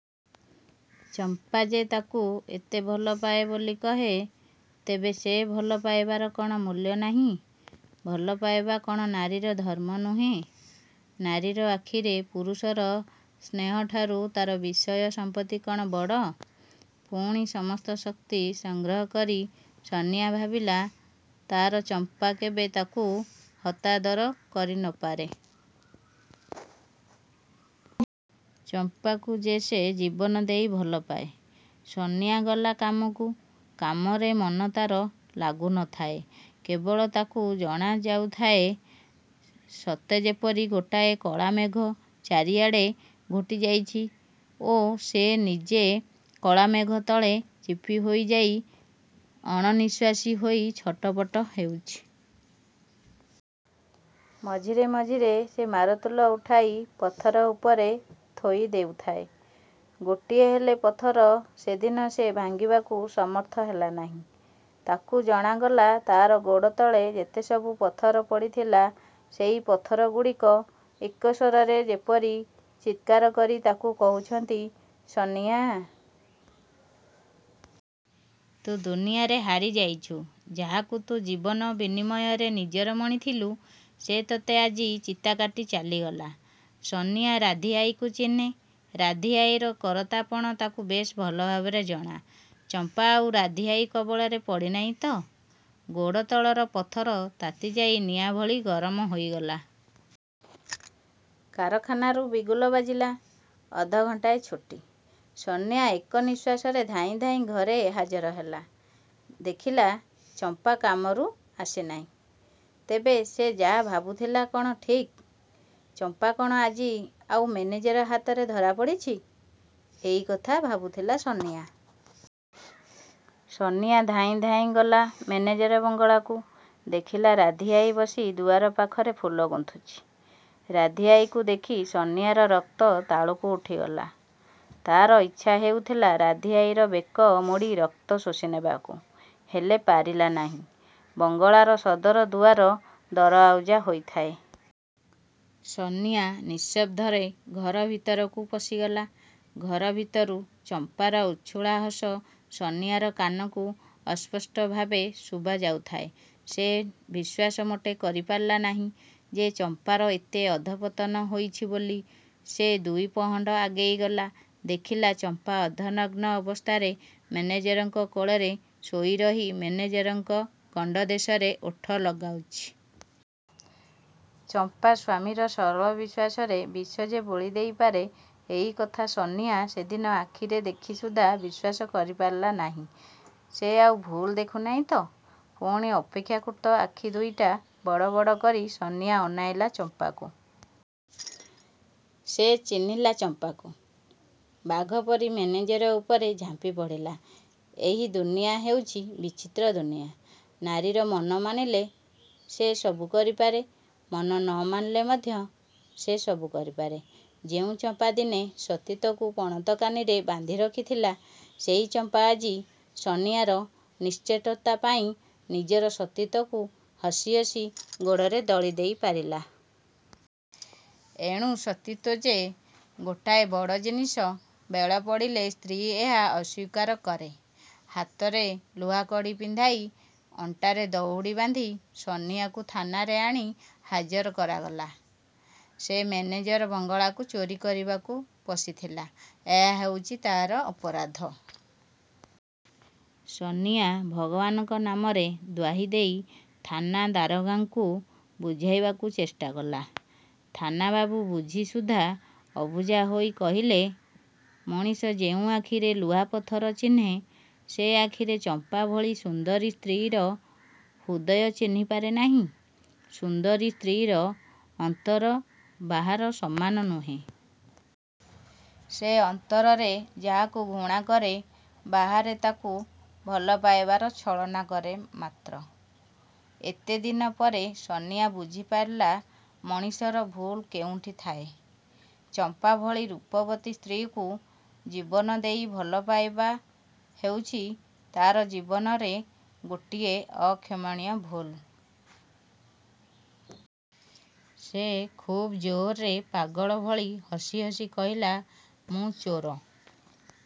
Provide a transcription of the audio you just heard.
ଚମ୍ପା ଯେ ତାକୁ ଏତେ ଭଲପାଏ ବୋଲି କହେ, ତେବେ ସେ ଭଲ ପାଇବାର କ'ଣ ମୂଲ୍ୟ ନାହିଁ? ଭଲ ପାଇବା କ'ଣ ନାରୀର ଧର୍ମ ନୁହେଁ? ନାରୀର ଆଖିରେ ପୁରୁଷର ସ୍ନେହଠାରୁ ତା'ର ବିଷୟ ସମ୍ପତ୍ତି କ'ଣ ବଡ଼? ପୁଣି ସମସ୍ତ ଶକ୍ତି ସଂଗ୍ରହ କରି ସନିଆ ଭାବିଲା, ''ତା'ର ଚମ୍ପା କେବେ ତାକୁ ହତାଦର କରିନପାରେ। ଚମ୍ପାକୁ ଯେ ସେ ଜୀବନଦେଇ ଭଲପାଏ। '' ସନିଆ ଗଲା କାମକୁ। କାମରେ ମନ ତା'ର ଲାଗୁ ନ ଥାଏ। କେବଳ ତାକୁ ଜଣା ଯାଉଥାଏ ସତେଯେପରି ଗୋଟାଏ କଳାମେଘ ଚାରିଆଡ଼େ ଘୋଟିଯାଇଛି ଓ ସେ ନିଜେ କଳାମେଘ ତଳେ ଚିପି ହୋଇଯାଇ ଅଣନିଶ୍ୱାସୀ ହୋଇ ଛଟପଟ ହେଉଛି। ମଝିରେ ମଝିରେ ସେ ମାରତୁଲ ଉଠାଇ ପଥର ଉପରେ ଥୋଇ ଦେଉଥାଏ। ଗୋଟିଏହେଲେ ପଥର ସେଦିନ ସେ ଭାଙ୍ଗିବାକୁ ସମର୍ଥ ହେଲା ନାହିଁ। ତାକୁ ଜଣାଗଲା ତା'ର ଗୋଡ଼ତଳରେ ଯେତେସବୁ ପଥର ପଡ଼ିଥିଲା ସେହି ପଥରଗୁଡ଼ିକ ଏକ ସ୍ୱରରେ ଯେପରି ଚିତ୍କାରକରି ତାକୁ କହୁଛନ୍ତି, ''ସନିଆ! ତୁ ଦୁନିଆରେ ହାରିଯାଇଛୁ। ଯାହାକୁ ତୁ ଜୀବନ ବିନିମୟରେ ନିଜର ମଣିଥିଲୁ, ସେ ତୋତେ ଆଜି ଚିତାକାଟି ଚାଲିଗଲା। '' ସନିଆ ରାଧୀଆଈକୁ ଚିହ୍ନେ। ରାଧୀଆଈର ଜରତାପଣ ତାକୁ ବେଶ୍ ଭଲଭାବରେ ଜଣା। ଚମ୍ପା ଆଉ ରାଧୀଆଈ କବଳରେ ପଡ଼ିନାହିଁ ତ? ଗୋଡ଼ ତଳର ପଥର ତାତିଯାଇ ନିଆଁଭଳି ଗରମ ହୋଇଗଲା। କାରକାଖାରୁ ବିଗୁଲ ବାଜିଲା। ଅଧ ଘଣ୍ଟାଏ ଛୁଟି। ସନିଆ ଏକ ନିଶ୍ୱାସରେ ଧାଇଁ ଧାଇଁ ଘରେ ହାଜର ହେଲା। ଦେଖିଲା ଚମ୍ପା କାମରୁ ଆସିନାହିଁ। ତେବେ ସେ ଯାହା ଭାବୁଥିଲା ତାହା କ'ଣ ଠିକ୍? ଚମ୍ପା କ'ଣ ଆଜି ଆଉ ମେନେଜର ହାତରେ ଧରାପଡ଼ିଛି? ଏହି କଥା ଭାବୁଥିଲା ସନିଆ। ସନିଆ ଧାଇଁ ଧାଇଁ ଗଲା ମେନେଜର ବଙ୍ଗଳାକୁ। ଦେଖିଲା ରାଧୀଆଈ ବସି ଦୁଆର ପାଖରେ ଫୁଲ ଗୁନ୍ଥୁଛି। ରାଧୀଆଈକୁ ଦେଖି ସନିଆର ରକ୍ତ ତାଳୁକୁ ଉଠିଗଲା। ତା'ର ଇଚ୍ଛା ହେଉଥିଲା ରାଧୀଆଈର ବେକ ମୋଡ଼ି ରକ୍ତ ଶୋଷି ନେବାକୁ। ହେଲେ ପାରିଲା ନାହିଁ। ବଙ୍ଗଳାର ସଦର ଦୁଆର ଦରଆଉଜା ହୋଇଥାଏ। ସନିଆ ନିଶବ୍ଦରେ ଘର ଭିତରକୁ ପଶିଗଲା। ଘର ଭିତରୁ ଚମ୍ପାର ଉଛୁଳା ହସ ସନିଆର କାନକୁ ଅସ୍ପଷ୍ଟ ଭାବେ ଶୁଭାଯାଉଥାଏ। ସେ ବିଶ୍ୱାସ ମୋଟେ କରିପାରିଲା ନାହିଁ ଯେ ଚମ୍ପାର ଏତେ ଅଧଃପତନ ହୋଇଛି ବୋଲି। ସେ ଦୁଇ ପହଣ୍ଡ ଆଗେଇଗଲା। ଦେଖିଲା ଚମ୍ପା ଅର୍ଦ୍ଧନଗ୍ନ ଅବସ୍ଥାରେ ମେନେଜରଙ୍କ କୋଳରେ ଶୋଇରହି ମେନେଜରଙ୍କ ଗଣ୍ଡଦେଶରେ ଓଠ ଲଗାଉଛି। ଚମ୍ପା ସ୍ୱାମୀର ସରଳ ବିଶ୍ୱାସରେ ବିଷ ଯେ ବୋଳି ଦେଇପାରେ ଏହି କଥା ସନିଆ ସେଦିନ ଆଖିରେ ଦେଖି ସୁଦ୍ଧା ବିଶ୍ୱାସ କରିପାରିଲା ନାହିଁ। ସେ ଆଉ ଭୁଲ ଦେଖୁନାହିଁ ତ? ପୁଣି ଅପେକ୍ଷାକୃତ ଆଖି ଦୁଇଟା ବଡ଼ ବଡ଼ କରି ସନିଆ ଅନେଇଲା ଚମ୍ପାକୁ। ସେ ଚିହ୍ନିଲା ଚମ୍ପାକୁ। ବାଘପରି ମେନେଜର ଉପରେ ଝାମ୍ପିପଡ଼ିଲା। ଏହି ଦୁନିଆ ହେଉଛି ବିଚିତ୍ର ଦୁନିଆ। ନାରୀର ମନ ମାନିଲେ ସେ ସବୁ କରିପାରେ। ମନ ନ ମାନିଲେ ମଧ୍ୟ ସେ ସବୁ କରିପାରେ। ଯେଉଁ ଚମ୍ପା ଦିନେ ସତୀତ୍ୱକୁ ପଣତକାନିରେ ବାନ୍ଧିରଖିଥିଲା, ସେହି ଚମ୍ପା ଆଜି ସନିଆର ନିଶ୍ଚେଷ୍ଟତା ପାଇଁ ନିଜର ସତୀତ୍ଵକୁ ହସି ହସି ଗୋଡ଼ରେ ଦଳି ଦେଇ ପାରିଲା। ଏଣୁ ସତୀତ୍ଵ ଯେ ଗୋଟାଏ ବଡ଼ ଜିନିଷ ବେଳ ପଡ଼ିଲେ ସ୍ତ୍ରୀ ଏହା ଅସ୍ୱୀକାର କରେ। ହାତରେ ଲୁହାକଡ଼ି ପିନ୍ଧାଇ, ଅଣ୍ଟାରେ ଦଉଡ଼ି ବାନ୍ଧି ସନିଆକୁ ଥାନାରେ ଆଣି ହାଜର କରାଗଲା। ସେ ମେନେଜର ବଙ୍ଗଳାକୁ ଚୋରୀ କରିବାକୁ ପଶିଥିଲା, ଏହା ହେଉଛି ତା'ର ଅପରାଧ। ସନିଆ ଭଗବାନଙ୍କ ନାମରେ ଦ୍ୱାହିଦେଇ ଥାନା ଦାରୋଗାଙ୍କୁ ବୁଝାଇବାକୁ ଚେଷ୍ଟା କଲା-। ଥାନାବାବୁ ବୁଝି ସୁଦ୍ଧା ଅବୁଝା ହୋଇ କହିଲେ, ''ମଣିଷ ଯେଉଁ ଆଖିରେ ଲୁହା ପଥର ଚିହ୍ନେ ସେ ଆଖିରେ ଚମ୍ପା ଭଳି ସୁନ୍ଦରୀ ସ୍ତ୍ରୀର ହୃଦୟ ଚିହ୍ନି ପାରେନାହିଁ। ସୁନ୍ଦରୀ ସ୍ତ୍ରୀର ଅନ୍ତର ବାହାର ସମାନ ନୁହେଁ। ସେ ଅନ୍ତରରେ ଯାହାକୁ ଘୃଣାକରେ ବାହାରେ ତାକୁ ଭଲ ପାଇବାର ଛଳନାକରେ ମାତ୍ର। '' ଏତେ ଦିନ ପରେ ସନିଆ ବୁଝିପାରିଲା ମଣିଷର ଭୁଲ କେଉଁଠି ଥାଏ। ଚମ୍ପା ଭଳି ରୂପବତୀ ସ୍ତ୍ରୀକୁ ଜୀବନଦେଇ ଭଲ ପାଇବା ହେଉଛି ତା'ର ଜୀବନରେ ଗୋଟିଏ ଅକ୍ଷମଣୀୟ ଭୁଲ-। ସେ ଖୁବ୍ ଜୋରରେ ପାଗଳ ଭଳି ହସି ହସି କହିଲା, ''ମୁଁ ଚୋର।